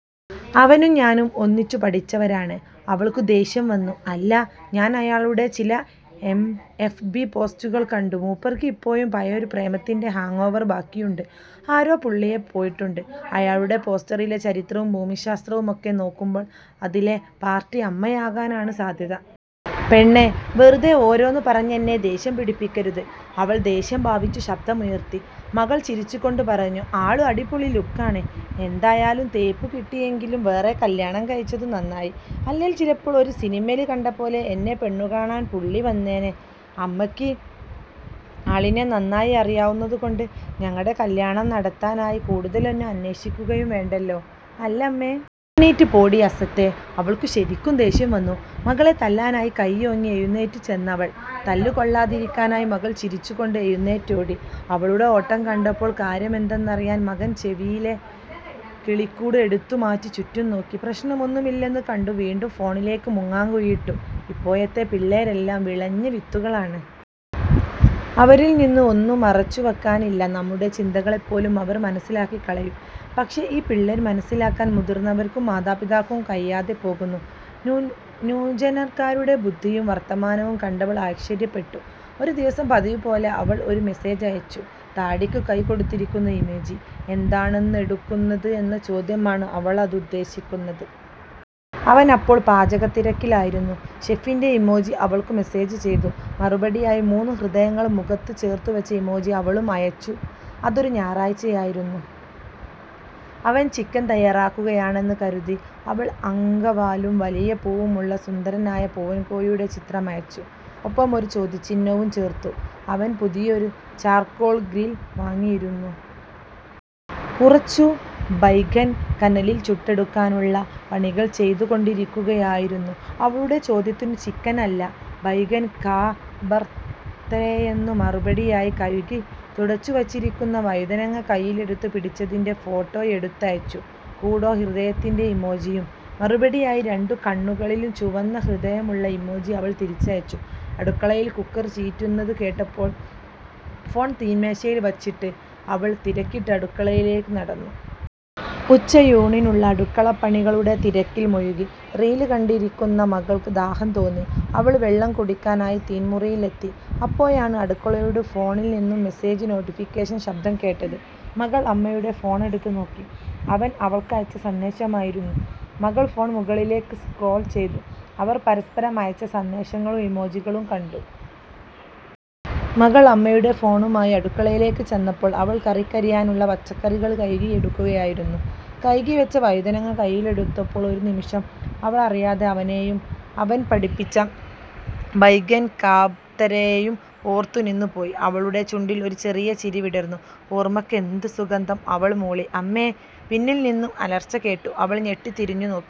അവനും ഞാനും ഒന്നിച്ചു പഠിച്ചവരാണ്'' അവള്ക്കു ദേഷ്യം വന്നു. ''അല്ല, ഞാന് അയാളുടെ ചില എഫ് ബി പോസ്റ്റുകള് കണ്ടു. മൂപ്പര്ക്ക് ഇപ്പോഴും പഴയയൊരു പ്രേമത്തിന്റെ ഹാങ്ങോവര് ബാക്കിയുണ്ട്. ആരോ പുള്ളിയെ പോയിട്ടുണ്ട്. അയാളുടെ പോസ്റ്റിലെ ചരിത്രവും ഭൂമിശാസ്ത്രവുമൊക്കെ നോക്കുമ്പോള് അതിലെ പാര്ട്ടി അമ്മയാകാനാണ് സാധ്യത. '''' പെണ്ണെ വെറുതെ ഓരോന്നു പറഞ്ഞെന്നെ ദേഷ്യം പിടിപ്പിക്കരുത്'' അവള് ദേഷ്യം ഭാവിച്ചു ശബ്ദമുയര്ത്തി. മകള് ചിരിച്ചുകൊണ്ട് പറഞ്ഞു ''ആളു അടിപൊളി ലുക്കാണ്. എന്തായാലും തേപ്പുകിട്ടിയെങ്കിലും വേറെ കല്യാണംകഴിച്ചതു നന്നായി. അല്ലേല് ചിലപ്പോള് ഒരു സിനിമേല് കണ്ടപോലെ എന്നെ പെണ്ണുകാണാന് പുള്ളി വന്നേനെ. അമ്മയ്ക്ക് ആളിനെ നന്നായി അറിയാവുന്നതുകൊണ്ട് ഞങ്ങടെ കല്യാണം നടത്താനായി കൂടുതലൊന്നും അന്വേഷിക്കുകയും വേണ്ടല്ലോ, അല്ലേമ്മേ? ' 'എണീറ്റ് പോടീ അസത്തെ'' അവള്ക്കു ശരിക്കും ദേഷ്യം വന്നു. മകളെ തല്ലാനായി കയ്യോങ്ങി എഴുന്നേറ്റുചെന്നവള്. തല്ലുകൊള്ളാതിരിക്കാനായി മകള് ചിരിച്ചും കൊണ്ട് എഴുന്നേറ്റോടി. അവളുടെ ഓട്ടം കണ്ടപ്പോള് കാര്യമെന്തന്നറിയാന് മകന് ചെവിയിലെ കിളിക്കൂട് എടുത്തുമാറ്റി ചുറ്റുംനോക്കി. പ്രശ്നമൊന്നുമില്ലെന്നു കണ്ടു വീണ്ടും ഫോണിലേക്ക് മുങ്ങാംകുഴിയിട്ടു. 'ഇപ്പോഴത്തെ പിള്ളേരെല്ലാം വിളഞ്ഞവിത്തുകളാണ്. അവരില്നിന്നും ഒന്നും മറച്ചുവയ്ക്കാനില്ല. നമ്മുടെ ചിന്തകളെപ്പോലും അവര് മനസ്സിലാക്കികളയും. പക്ഷെ ഈ പിള്ളേരെ മനസ്സിലാക്കാന് മുതിര്ന്നവര്ക്കും മാതാപിതാക്കള്ക്കും കഴിയാതെയും പോകുന്നു. ' ന്യൂജന്കാരുടെ ബുദ്ധിയും വര്ത്താനവും കണ്ടവള് ആശ്ചര്യപ്പെട്ടു. ഒരുദിവസം പതിവുപോലെ അവള് ഒരു മെസ്സേജയച്ചു. താടിക്കു കൈകൊടുത്തിരിക്കുന്ന ഇമോജി. എന്താണെന്നുയെടുക്കുന്നത് എന്ന ചോദ്യമാണ് അതുകൊണ്ടവള് ഉദ്ദേശിക്കുന്നത്. അവനപ്പോള് പാചകത്തിരക്കിലായിരുന്നു. ഷെഫിന്റെ ഇമോജി അവള്ക്കു മെസ്സേജു ചെയ്തു. മറുപടിയായി മൂന്നു ഹൃദയങ്ങള് മുഖത്തു ചേര്ത്തുവച്ച ഇമോജി അവളും അയച്ചു അതൊരു ഞാറാഴ്ചയായിരുന്നു. അവന് ചിക്കന് തയ്യാറാക്കുകയാണെന്ന് കരുതി അവള് അങ്കവാലും വലിയ പൂവുമുള്ള സുന്ദരനായ പൂവന്കോഴിയുടെ ചിത്രമയച്ചു. ഒപ്പം ഒരു ചോദ്യചിഹ്നവും ചേര്ത്തു. അവന് പുതിയൊരു 'ചാര്കോള് ഗ്രില്' വാങ്ങിയിരുന്നു. കുറച്ചു ബൈഗന് കനലില് ചുട്ടെടുക്കാനുള്ള പണികള് ചെയ്തുകൊണ്ടിരിക്കുകയായിരുന്നു. അവളുടെ ചോദ്യത്തിനു ചിക്കനല്ല 'ബൈഗന് കാ ബര്ത്തയെ'ന്നു മറുപടിയായി കഴുകി തുടച്ചുവച്ചിരിക്കുന്ന വഴുതനങ്ങ കയ്യിലെടുത്തു പിടിച്ചതിന്റെ ഫോട്ടോയെടുത്തുയച്ചു. കൂടെ ഹൃദയത്തിന്റെ ഇമോജിയും. മറുപടിയായി രണ്ടു കണ്ണുകളിലും ചുവന്ന ഹൃദയമുള്ള ഇമോജി അവള് തിരിച്ചയച്ചു. അടുക്കളയില് കുക്കര് ചീറ്റുന്നത് കേട്ടപ്പോള് ഫോണ് തീന്മേശയില് വച്ചിട്ട് അവള് തിരക്കിട്ട് അടുക്കളയിലേക്ക് നടന്നു. ഉച്ചയൂണിനുള്ള അടുക്കളപ്പണികളുടെ തിരക്കില് മുഴുകി. റീല് കണ്ടിരിക്കുന്ന മകള്ക്ക് ദാഹം തോന്നി. അവള് വെള്ളം കുടിക്കാനായി തീന്മുറിയിലെത്തി. അപ്പോഴാണ് അടുക്കളയുടെ ഫോണില്നിന്നും മെസ്സേജു നോട്ടിഫിക്കേഷന് ശബ്ദം കേട്ടത്. മകള് അമ്മയുടെ ഫോണെടുത്ത് നോക്കി. അവന് അവള്ക്കയച്ച സന്ദേശമായിരുന്നു. മകള് ഫോണ് മുകളിലേക്ക് സ്ക്രോള് ചെയ്തു. അവര് പരസ്പരം അയച്ച സന്ദേശങ്ങളും ഇമോജികളും കണ്ടു. മകള് അമ്മയുടെ ഫോണുമായി അടുക്കളയില്ചെന്നപ്പോള് അവള് കറിക്കരിയാനുള്ള പച്ചക്കറികള് കഴുകിയെടുക്കുകയായിരുന്നു. കഴുകിവെച്ച വഴുതനങ്ങ കയ്യിലെടുത്തപ്പോള് ഒരുനിമിഷം, അവളറിയാതെ അവനെയും അവന് പഠിപ്പിച്ച ബൈഗന് കാബ്ത്തരെയും ഓര്ത്തുനിന്നു പോയി. അവളുടെ ചുണ്ടില് ഒരു ചെറിയ ചിരി വിടര്ന്നു. 'ഓര്മ്മകള്ക്കെന്തു സുഗന്ധം' അവള് മൂളി. ''അമ്മേ'' പിന്നില്നിന്നും അലര്ച്ചകേട്ടു അവള് ഞെട്ടി തിരിഞ്ഞു നോക്കി.